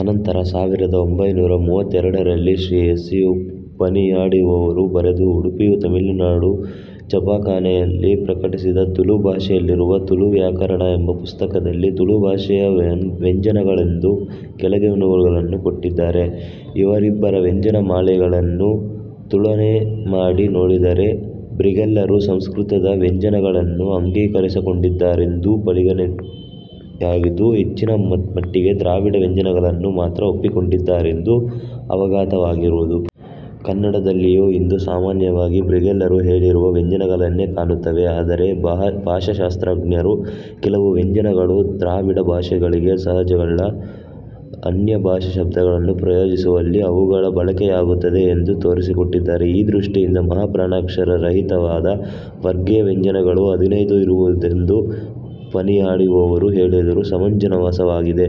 ಅನಂತರ ಸಾವಿರದ ಒಂಭೈನೂರ ಮೂವತ್ತೆರಡರಲ್ಲಿ ಶ್ರೀ ಎಸ್. ಯು. ಪಣಿಯಾಡಿಯವರು ಬರೆದು ಉಡುಪಿ ತುಳುನಾಡು ಛಾಪಖಾನೆಯಲ್ಲಿ ಪ್ರಕಟಿಸಿದ ತುಳು ಭಾಷೆಯಲ್ಲಿರುವ 'ತುಳು ವ್ಯಾಕರಣ' ಎಂಬ ಪುಸ್ತಕದಲ್ಲಿ ತುಳು ಭಾಷೆಯ ವ್ಯಂಜನಗಳೆಂದು ಕೆಳಗಿನವುಗಳನ್ನು ಕೊಟ್ಟಿದ್ದಾರೆ. ಇವರಿಬ್ಬರ ವ್ಯಂಜನಮಾಲೆಗಳನ್ನು ತುಲನೆ ಮಾಡಿ ನೋಡಿದರೆ, ಬ್ರಿಗೆಲ್ಲರು ಸಂಸ್ಕೃತದ ವ್ಯಂಜನಗಳನ್ನು ಅಂಗೀಕರಿಸಿಕೊಂಡಿದ್ದಾರೆಂದೂ ಪಣಿಯಾಡಿಯವರು ಹೆಚ್ಚಿನ ಮಟ್ಟಿಗೆ ದ್ರಾವಿಡ ವ್ಯಂಜನಗಳನ್ನು ಮಾತ್ರ ಒಪ್ಪಿಕೊಂಡಿದ್ದಾರೆಂದೂ ಅವಗತವಾಗದಿರದು. ಕನ್ನಡದಲ್ಲಿಯೂ ಇಂದು ಸಾಮಾನ್ಯವಾಗಿ ಬ್ರಿಗೆಲ್ಲರು ಹೇಳಿರುವ ವ್ಯಂಜನಗಳನ್ನೇ ಕಾಣುತ್ತೇವೆ. ಆದರೆ ಭಾಷಾಶಾಸ್ತ್ರಜ್ಞರು, ಕೆಲವು ವ್ಯಂಜನಗಳು ದ್ರಾವಿಡ ಭಾಷೆಗಳಿಗೆ ಸಹಜಗಳಲ್ಲ, ಅನ್ಯಭಾಷಾ ಶಬ್ದಗಳನ್ನು ಪ್ರಯೋಗಿಸುವಲ್ಲಿ ಅವುಗಳ ಬಳಕೆಯಾಗುತ್ತದೆ ಎಂದು ತೋರಿಸಿಕೊಟ್ಟಿದ್ದಾರೆ. ಈ ದೃಷ್ಟಿಯಿಮದ ಮಹಾಪ್ರಾಣಾಕ್ಷರ ರಹಿತವಾದ ವರ್ಗೀಯ ವ್ಯಂಜನಗಳು ಹದಿನೈದೇ ಇರುವುದೆಂದು ಪಣಿಯಾಡಿಯವರು ಹೇಳಿದುದು ಸಮಂಜಸವಾಗಿದೆ.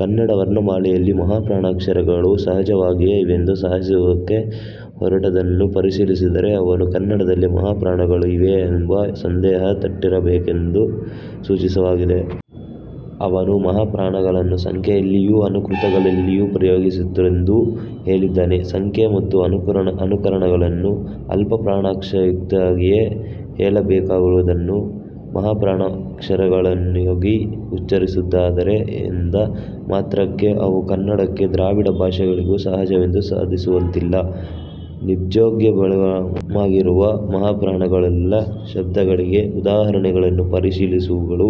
ಕನ್ನಡ ವರ್ಣಮಾಲೆಯಲ್ಲಿ ಮಹಾಪ್ರಾಣಾಕ್ಷರಗಳು ಸಹಜವಾಗಿಯೇ ಇವೆಯೆಂದು ಸಾಧಿಸುವುದಕ್ಕೆ ಹೊರಟುದನ್ನು ಪರಿಶೀಲಿಸಿದರೆ ಅವನಿಗೂ ಕನ್ನಡದಲ್ಲಿ ಮಹಾಪ್ರಾಣಗಳು ಇವೆಯೇ ಎಂಬ ಸಂದೇಹ ತಟ್ಟಿರಬೇಕು ಎಂಬುದು ಸೂಚಿತವಾಗುತ್ತದೆ. ಅವನು ಮಹಾ ಪ್ರಾಣಗಳನ್ನು ಸಂಖ್ಯೆಯಲ್ಲಿಯೂ ಅನುಕೃತಿಗಳಲ್ಲಿಯೂ ಪ್ರಯೋಗಿಸುತ್ತಾರೆಂದೂ ಹೇಳಿದ್ದಾನೆ. ಸಂಖ್ಯೆ ಮತ್ತು ಅನುಕರಣಗಳನ್ನು ಅಲ್ಪಪ್ರಾಣಾಕ್ಷರಯುಕ್ತವಾಗಿಯೇ ಹೇಳಬೇಕಾದವುಗಳನ್ನು ಮಹಾಪ್ರಾಣಾಕ್ಷರಯುಕ್ತಗಳನ್ನಾಗಿ ಉಚ್ಚರಿಸುವವರಿದ್ದಾರೆ ಎಂದ ಮಾತ್ರಕ್ಕೆ ಅವು ಕನ್ನಡಕ್ಕೆ ದ್ರಾವಿಡ ಭಾಷೆಗಳಿಗೆ ಸಹಜವೆಂದು ಸಾಧಿಸುವಂತಿಲ್ಲ. 'ನಿಜೋಜ್ವಳಮಾಗಿ'ರುವ ಮಹಾಪ್ರಾಣ ಗಳುಳ್ಳ ಶಬ್ದಗಳಿಗೆ ಉದಾಹರಣೆಗಳನ್ನು ಪರಿಶೀಲಿಸುವಾಗಲೂ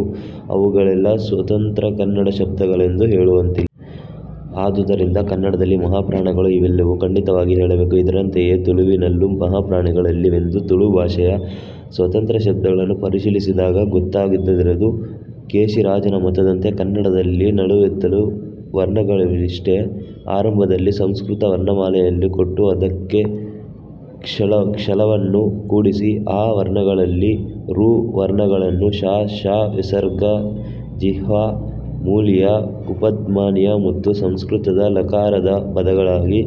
ಅವುಗಳೆಲ್ಲ ಸ್ವತಂತ್ರ ಕನ್ನಡ ಶಬ್ದಗಳೆಂದು ಹೇಳುವಂತಿಲ್ಲ. ಆದುದರಿಂದ ಕನ್ನಡದಲ್ಲಿ ಮಹಾಪ್ರಾಣಗಳು ಇಲ್ಲವೆಂದು ಖಂಡಿತವಾಗಿ ಹೇಳಬೇಕು. ಇದರಂತೆಯೇ ತುಳುವಿನಲ್ಲೂ ಮಹಾಪ್ರಾಣಗಳಿಲ್ಲ ವೆಂದು ತುಳು ಭಾಷೆಯ ಸ್ವತಂತ್ರ ಶಬ್ದಗಳನ್ನು ಪರಿಶೀಲಿಸಿದಾಗ ಗೊತ್ತಾಗದಿರದು. ಕೇಶಿರಾಜನ ಮತದಂತೆ ಕನ್ನಡದಲ್ಲಿ ನಲುವತ್ತೇಳು ವರ್ಣಗಳಿವೆಯಷ್ಟೆ. ಆರಂಭದಲ್ಲಿ ಸಂಸ್ಕೃತ ವರ್ಣಮಾಲೆಯಲ್ಲಿ ಕೊಟ್ಟು ಅದಕ್ಕೆ ಕ್ಷಳವನ್ನು ಕೂಡಿಸಿ ಆ ವರ್ಣಗಳಲ್ಲಿ ಋ ವರ್ಣಗಳನ್ನು ಶ, ಷ, ವಿಸರ್ಗ, ಜಿಹ್ವಾ ಮೂಲೀಯ ಉಪಧ್ಮಾನೀಯ ಮತ್ತು ಸಂಸ್ಕೃತದ ಲಕಾರದ ಬದಲಾಗಿ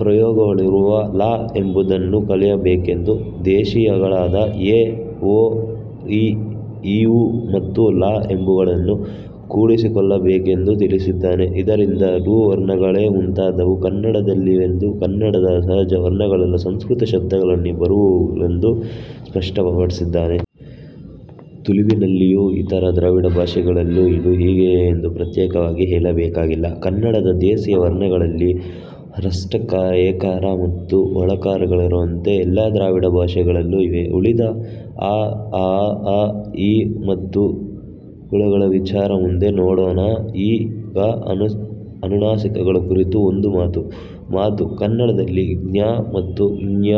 ಪ್ರಯೋಗವಾಗುವ ಳ ಎಂಬುದನ್ನೂ ಕಳೆಯಬೇಕೆಂದು ದೇಶೀಯಗಳಾದ ಎ, ಓ, ಱ, ೞ ಮತ್ತು ಳ ಎಂಬವುಗಳನ್ನು ಕೂಡಿಸಿಕೊಳ್ಳಬೇಕೆಂದೂ ತಿಳಿಸಿದ್ದಾನೆ ಇದರಿಂದ ಋ ವರ್ಣಗಳೇ ಮುಂತಾದವು ಕನ್ನಡದಲ್ಲಿಲ್ಲವೆಂದು ಕನ್ನಡದ ಸಹಜ ವರ್ಣಗಳಲ್ಲ, ಸಂಸ್ಕೃತ ಶಬ್ದಗಳಲ್ಲಿ ಬರುವುವುಗಳೆಂದು ಸ್ಪಷ್ಟಪಡಿಸಿದ್ದಾನೆ. ತುಳುವಿನಲ್ಲಿಯೂ ಇತರ ದ್ರಾವಿಡ ಭಾಷೆಗಳಲ್ಲಿಯೂ ಇದು ಹೀಗೆಯೇ ಎಂದು ಪ್ರತ್ಯೇಕವಾಗಿ ಹೇಳಬೇಕಾಗಿಲ್ಲ. ಕನ್ನಡದ ದೇಸೀಯ ವರ್ಣಗಳಲ್ಲಿ ಹ್ರಸ್ಟ ಎಕಾರ ಮತ್ತು ಒಕಾರಗಳಿರುವಂತೆ ಎಲ್ಲ ದ್ರಾವಿಡ ಭಾಷೆಗಳಲ್ಲೂ ಇವೆ. ಉಳಿದ ಅಱ, ಱೞ, ಮತ್ತು ಕುಳಗಳ ವಿಚಾರ ಮುಂದೆ ನೋಡೋಣ. ಈಗ ಅನುನಾಸಿಕಗಳ ಕುರಿತು ಒಂದು ಮಾತು:- ಕನ್ನಡದಲ್ಲಿ ಙ ಮತ್ತು ಞ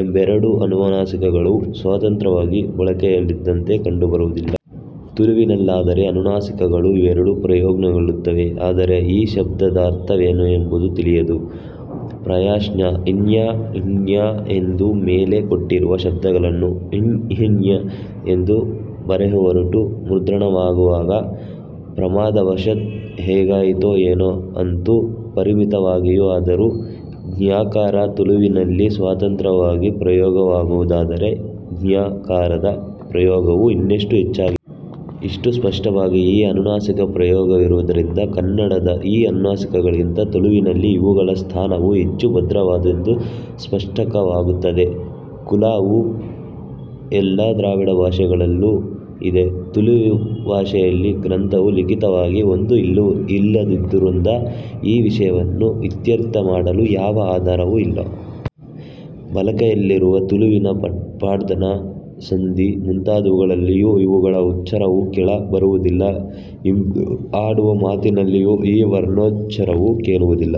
ಎಂಬೆರಡು ಅನುನಾಸಿಕಗಳು ಸ್ವತಂತ್ರವಾಗಿ ಬಳಕೆಯಲ್ಲಿದ್ದಂತೆ ಕಂಡುಬರುವುದಿಲ್ಲ. ತುಳುವಿನಲ್ಲಾದರೆ ಅನುನಾಸಿಕಗಳೂ ಇವೆರಡೂ ಪ್ರಯೋಗಗೋಳ್ಳುತ್ತವೆ. ಆದರೆ ಈ ಶಬ್ದದ ಅರ್ಥವೇನು ಎಂಬುದು ತಿಳಿಯದು. ಪ್ರಾಯಶಃ ಞಙ್ಙಿ ಎಂದು ಮೇಲೆ ಕೊಟ್ಟಿರುವ ಶಬ್ದವನ್ನು ಞಙ್ ಎಂದು ಬರೆಯಹೊರಟು, ಮುದ್ರಣವಾಗುವಾಗ ಪ್ರಮಾದವಶಾತ್ ಹಾಗಾಯಿತೋ ಏನೋ! ಅಂತೂ ಪರಿಮಿತವಾಗಿಯಾದರೂ ಙಕಾರವು ತುಳುವಿನಲ್ಲಿ ಸ್ವತಂತ್ರವಾಗಿ ಪ್ರಯೋಗವಾಗುವುದಾದರೆ, ಞಕಾರದ ಪ್ರಯೋಗವು ಇನ್ನಷ್ಟು ಹೆಚ್ಚಾಗಿದೆ. ಇಷ್ಟು ಸ್ಪಷ್ಟವಾಗಿ ಈ ಅನುನಾಸಿಕ ಪ್ರಯೋಗವಿರುವುದರಿಂದ ಕನ್ನಡದ ಈ ಅನುನಾಸಿಕಗಳಿಗಿಂತ ತುಳುವಿನಲ್ಲಿ ಇವುಗಳ ಸ್ಥಾನವು ಹೆಚ್ಚು ಭದ್ರವಾದುದೆಂದು ಸ್ಪಷ್ಟವಾಗುತ್ತದೆ. ಕುಳ ವು ಎಲ್ಲ ದ್ರಾವಿಡ ಭಾಷೆಗಳಲ್ಲೂ ಇದೆ. ತುಳು ಭಷೆಯ ಗ್ರಂಥವು ಲಿಖಿತವಾಗಿ ಒಂದು ಇಲ್ಲದಿರುವುದರಿಂದ ಈ ವಿಷಯವನ್ನು ಇತ್ಯರ್ಥ ಮಾಡಲು ಯಾವ ಆಧಾರವೂ ಇಲ್ಲ. ಬಳಕೆಯಲ್ಲಿರುವ ತುಳುವಿನ ಪಾಡ್ದನ, ಸಂಧಿ ಮುಂತಾದವುಗಳಲ್ಲಿಯೂ ಇವುಗಳ ಉಚ್ಚಾರವು ಕೇಳ ಬರುವುದಿಲ್ಲ. ಇಂದು ಆಡುವ ಮಾತಿನಲ್ಲಿಯೂ ಈ ವರ್ಣೋಚ್ಚಾರವು ಕೇಳುವುದಿಲ್ಲ.